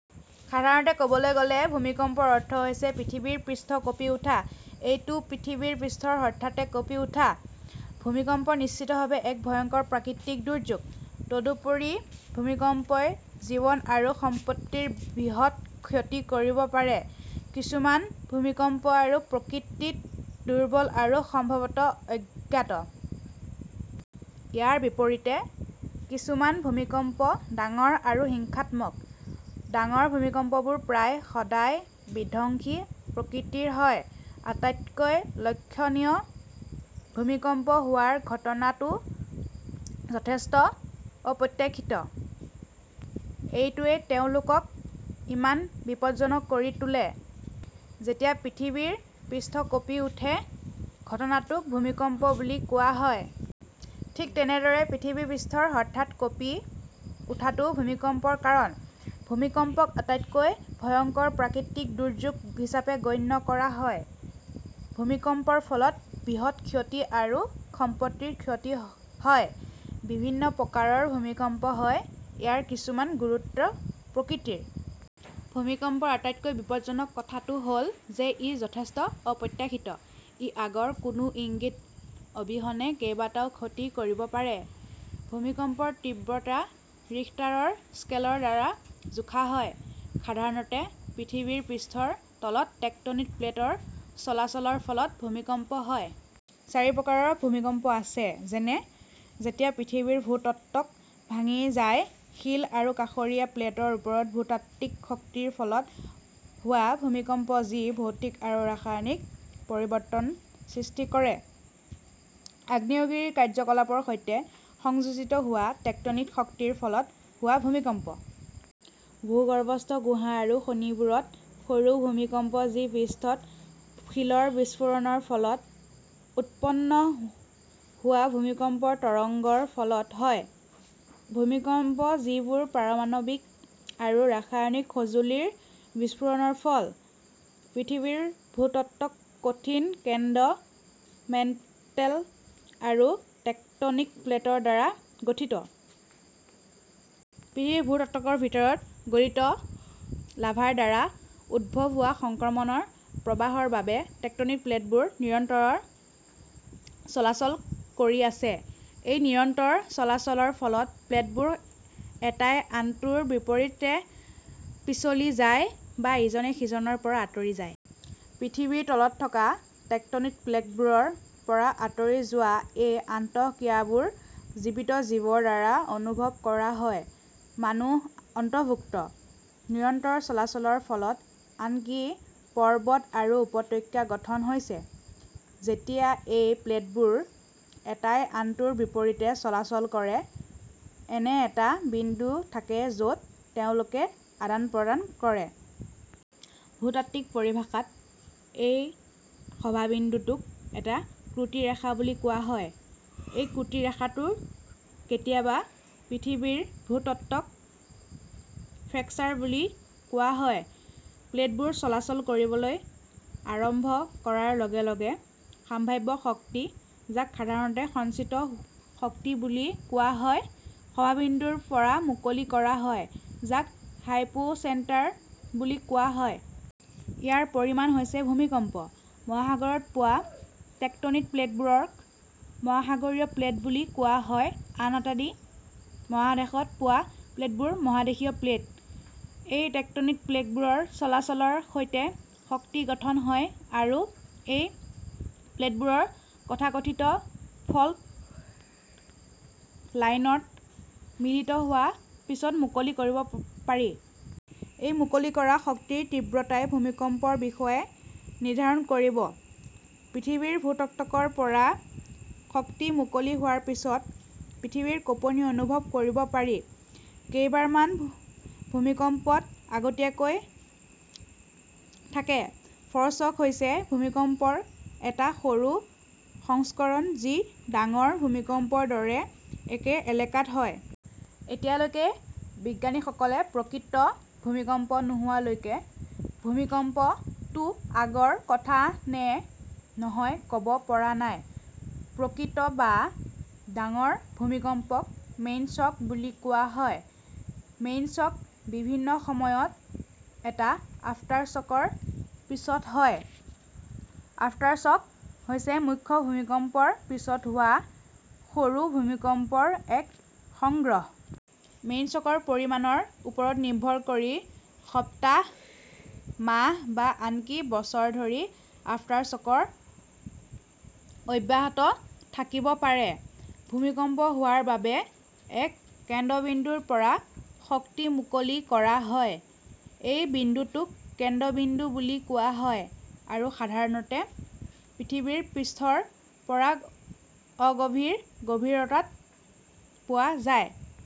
সাধাৰণভাৱে ক'বলৈ গ'লে, ভূমিকম্পৰ অৰ্থ হৈছে পৃথিৱীৰ পৃষ্ঠ কঁপি উঠা। এইটো পৃথিৱীৰ পৃষ্ঠৰ হঠাতে কঁপি উঠা। ভূমিকম্প নিশ্চিতভাৱে এক ভয়ংকৰ প্ৰাকৃতিক দুৰ্যোগ। তদুপৰি, ভূমিকম্পই জীৱন আৰু সম্পত্তিৰ বৃহৎ ক্ষতি কৰিব পাৰে। কিছুমান ভূমিকম্প প্ৰকৃতিত দুৰ্বল আৰু সম্ভৱতঃ অজ্ঞাত। ইয়াৰ বিপৰীতে, কিছুমান ভূমিকম্প ডাঙৰ আৰু হিংসাত্মক। ডাঙৰ ভূমিকম্পবোৰ প্ৰায় সদায় বিধ্বংসী প্ৰকৃতিৰ হয়। আটাইতকৈ লক্ষণীয়, ভূমিকম্প হোৱাৰ ঘটনা টো যথেষ্ট অপ্ৰত্যাশিত। এইটোৱেই তেওঁলোকক ইমান বিপদজনক কৰি তোলে। যেতিয়া পৃথিৱীৰ পৃষ্ঠ কঁপি উঠে, ঘটনাটোক ভূমিকম্প বুলি কোৱা হয়। ঠিক তেনেদৰে, পৃথিৱীৰ পৃষ্ঠৰ হঠাৎ কঁপি উঠাটো ভূমিকম্পৰ কাৰণ। ভূমিকম্পক আটাইতকৈ ভয়ংকৰ প্ৰাকৃতিক দুৰ্যোগ হিচাপে গণ্য কৰা হয়। ভূমিকম্পৰ ফলত বৃহৎ ক্ষতি আৰু সম্পত্তিৰ ক্ষতি হয়। বিভিন্ন প্ৰকাৰৰ ভূমিকম্প হয়। ইয়াৰ কিছুমান গুৰুতৰ প্ৰকৃতিৰ। ভূমিকম্পৰ আটাইতকৈ বিপদজনক কথাটো হ'ল যে ই যথেষ্ট অপ্ৰত্যাশিত। ই আগৰ কোনো ইংগিত অবিহনে কেইবাটাও ক্ষতি কৰিব পাৰে। ভূমিকম্পৰ তীব্ৰতা ৰিখটাৰৰ স্কেলৰ দ্বাৰা জোখা হয়। সাধাৰণতে, পৃথিৱীৰ পৃষ্ঠৰ তলত টেকটনিক প্লেটৰ চলাচলৰ ফলত ভূমিকম্প হয়। চাৰি প্ৰকাৰৰ ভূমিকম্প আছে যেনে – যেতিয়া পৃথিৱীৰ ভূত্বক ভাঙি যায় শিল আৰু কাষৰীয়া প্লেটৰ ওপৰত ভূতাত্ত্বিক শক্তিৰ ফলত হোৱা ভূমিকম্প যি ভৌতিক আৰু ৰাসায়নিক পৰিৱৰ্তনসৃষ্টি কৰে। আগ্নেয়গিৰিৰ কাৰ্যকলাপৰ সৈতে সংযোজিত হোৱা টেকটনিক শক্তিৰ ফলত হোৱা ভূমিকম্প। ভূগৰ্ভস্থ গুহা আৰু খনিবোৰত সৰু ভূমিকম্প যিপৃষ্ঠত শিলৰ বিস্ফোৰণৰ ফলত উৎপন্ন হোৱা ভূমিকম্পৰ তৰংগৰ ফলত হয়। ভূমিকম্প যিবোৰ পাৰমাণৱিক আৰু ৰাসায়নিক সঁজুলিৰ বিস্ফোৰণৰ ফল। পৃথিৱীৰ ভূত্বক কঠিন কেন্দ্ৰ, মেণ্টেল আৰু টেকটনিক প্লেটৰ দ্বাৰা গঠিত। পৃথিৱীৰ ভূত্বকৰ ভিতৰত গলিত লাভাৰ দ্বাৰা উদ্ভৱ হোৱা সংক্ৰমণ প্ৰবাহৰ বাবে টেকটনিক প্লেটবোৰ নিৰন্তৰ চলাচল কৰি আছে। এই নিৰন্তৰ চলাচলৰ ফলত প্লেটবোৰ এটায়ে আনটোৰ বিপৰীতে পিছলি যায় বা ইজনে সিজনৰ পৰা আঁতৰি যায়। পৃথিৱীৰ তলত থকা টেকটনিক প্লেটবোৰৰ পৰা আঁতৰি যোৱা এই আন্তঃক্ৰিয়াবোৰ জীৱিত জীৱৰ দ্বাৰা অনুভৱ কৰা হয়, মানুহ অন্তৰ্ভুক্ত। নিৰন্তৰ চলাচলৰ ফলত আনকি পৰ্বত আৰু উপত্যকা গঠন হৈছে। যেতিয়া এই প্লেটবোৰ এটাই আনটোৰ বিপৰীতে চলাচল কৰে, এনে এটা বিন্দু থাকে য'ত তেওঁলোকে আদান-প্ৰদান কৰে। ভূতাত্ত্বিক পৰিভাষাত, এই সভাবিন্দুটোক এটা ত্ৰুটি ৰেখা বুলি কোৱা হয়। এই ত্ৰুটি ৰেখাটোক কেতিয়াবা পৃথিৱীৰ ভূত্বকত ফ্ৰেকচাৰ বুলি কোৱা হয়। প্লেটবোৰ চলাচল কৰিবলৈ আৰম্ভ কৰাৰ লগে লগে, সাম্ভাব্য শক্তি, যাক সাধাৰণতে সঞ্চিত শক্তি বুলি কোৱা হয়, সভাবিন্দুৰ পৰা মুকলি কৰা হয়, যাক হাইপোচেণ্টাৰ বুলি কোৱা হয়। ইয়াৰ পৰিণাম হৈছে ভূমিকম্প। মহাসাগৰত পোৱা টেকটনিক প্লেটবোৰক মহাসাগৰীয় প্লেট বুলি কোৱা হয় আনহাতে মহাদেশত পোৱা প্লেটবোৰ মহাদেশীয় প্লেট। এই টেকটনিক প্লেটবোৰৰ চলাচলৰ সৈতে, শক্তি গঠন হয় আৰু এই প্লেটবোৰ তথাকথিত ফল্ট লাইনত মিলিত হোৱাৰ পিছত মুকলি কৰিব পাৰি। এই মুকলি কৰা শক্তিৰ তীব্ৰতাই ভূমিকম্পৰ বিষয়েও নিৰ্ধাৰণ কৰিব। পৃথিৱীৰ ভূত্বকৰ পৰা শক্তি মুকলি হোৱাৰ পিছত পৃথিৱীৰ কঁপনি অনুভৱ কৰিব পাৰি। কেইবাৰমান ভূমিকম্পত আগতীয়া কৈ থাকে। ফ'ৰশ্বক হৈছে ভূমিকম্পৰ এটা সৰু সংস্কৰণ যি ডাঙৰ ভূমিকম্পৰ দৰে একে এলেকাত হয়। এতিয়ালৈকে, বিজ্ঞানীসকলে প্ৰকৃত ভূমিকম্প নোহোৱালৈকে ভূমিকম্প টো আগৰ কথা নে নহয় ক'ব পৰা নাই। প্ৰকৃত বা ডাঙৰ ভূমিকম্পক মেইনশ্বক বুলি কোৱা হয়। মেইনশ্বক, বিভিন্ন সময়ত, এটা আফটাৰশ্বকৰ পিছত হয়। আফটাৰশ্বক হৈছে মুখ্য ভূমিকম্পৰ পিছত হোৱা সৰু ভূমিকম্পৰ এক সংগ্ৰহ। মেইনশ্বকৰ পৰিমাণৰ ওপৰত নিৰ্ভৰ কৰি, সপ্তাহ, মাহ বা আনকি বছৰধৰি আফটাৰশ্বক অব্যাহত থাকিব পাৰে। ভূমিকম্প হোৱাৰ বাবে, এক কেন্দ্ৰবিন্দুৰ পৰা শক্তি মুকলি কৰা হয়। এই বিন্দুটোক কেন্দ্ৰবিন্দু বুলি কোৱা হয় আৰু সাধাৰণতে পৃথিৱীৰ পৃষ্ঠৰ পৰা অগভীৰ গভীৰতাত পোৱা যায়।